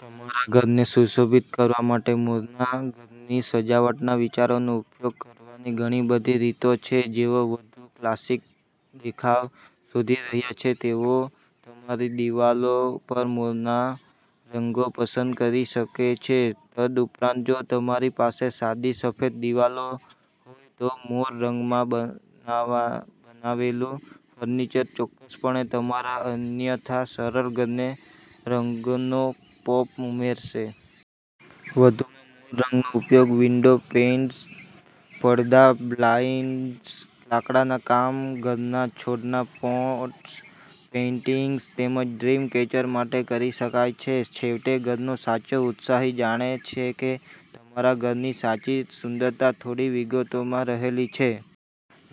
તમારા ઘરને સુશોભિત કરવા માટે મોરના ઘરની સજાવટના વિચારોનો ઉપયોગ કરવાની ઘણી બધી રીતો છે. જેઓ વધુ ક્લાસિક દેખાવ શોધી રહ્યા છે, તેઓ તમારી દિવાલો પર મોરના રંગો પસંદ કરી શકે છે. તદુપરાંત, જો તમારી પાસે સાદી સફેદ દિવાલો હોય, તો મોર રંગમાં બનાવેલું ફર્નિચર ચોક્કસપણે તમારા અન્યથા સરળ ઘરને રંગનો પોપ ઉમેરશે. વધુમાં, મોર રંગનો ઉપયોગ વિન્ડોપેન્સ, પડદા, બ્લાઇંડ્સ, લાકડાના કામ, ઘરના છોડના પોટ્સ, પેઇન્ટિંગ્સ તેમજ ડ્રીમ કેચર માટે કરી શકાય છે. છેવટે, ઘરનો સાચો ઉત્સાહી જાણે છે કે તમારા ઘરની સાચી સુંદરતા થોડી વિગતોમાં રહેલી છે.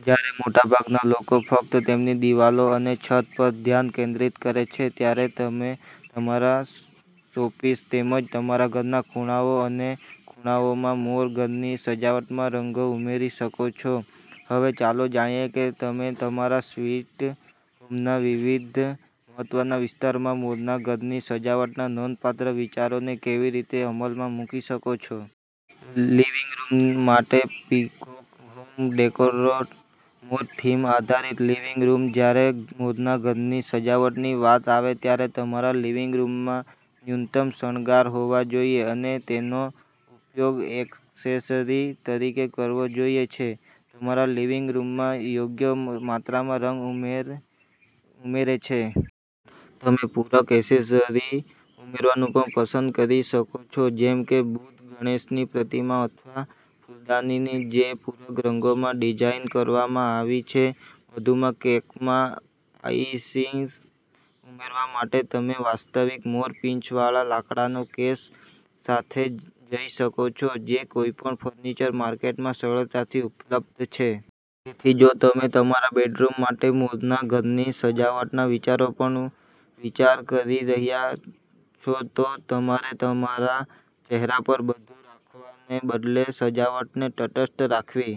જ્યારે મોટાભાગના લોકો ફક્ત તેમની દિવાલો અને છત પર ધ્યાન કેન્દ્રિત કરે છે, ત્યારે તમે તમારા શોપીસ તેમજ તમારા ઘરના ખૂણાઓ અને ખૂણાઓમાં મોર ઘરની સજાવટના રંગો ઉમેરી શકો છો. હવે, ચાલો જાણીએ કે તમે તમારા સ્વીટ હોમના વિવિધ મહત્વના વિસ્તારોમાં મોરનાં ઘરની સજાવટના નોંધપાત્ર વિચારોને કેવી રીતે અમલમાં મૂકી શકો છો. લિવિંગ રૂમ માટે પીકોક હોમ ડેકોર મોર થીમ આધારિત લિવિંગ રૂમ જ્યારે મોરના ઘરની સજાવટની વાત આવે ત્યારે તમારા લિવિંગ રૂમમાં ન્યૂનતમ શણગાર હોવા જોઈએ અને તેનો ઉપયોગ એક્સેસરી તરીકે કરવો જોઈએ છે જે તમારા લિવિંગ રૂમમાં યોગ્ય માત્રામાં રંગ ઉમેરે છે. તમે પૂરક એસેસરીઝ ઉમેરવાનું પણ પસંદ કરી શકો છો જેમ કે બુદ્ધ, ગણેશની પ્રતિમા અથવા ફૂલદાની જે પૂરક રંગોમાં ડિઝાઇન કરવામાં આવી છે. વધુમાં, કેકમાં આઈસિંગ ઉમેરવા માટે, તમે વાસ્તવિક મોર પીંછવાળા લાકડાનો કેસ સાથે જઈ શકો છો, જે કોઈપણ ફર્નિચર માર્કેટમાં સરળતાથી ઉપલબ્ધ છે. તેથી, જો તમે તમારા બેડરૂમ માટે મોરનાં ઘરની સજાવટનાં વિચારો પણ વિચાર કરી રહ્યાં છો, તો તમારે તમારા ચહેરા પર બધું રાખવાને બદલે સજાવટને તટસ્થ રાખવી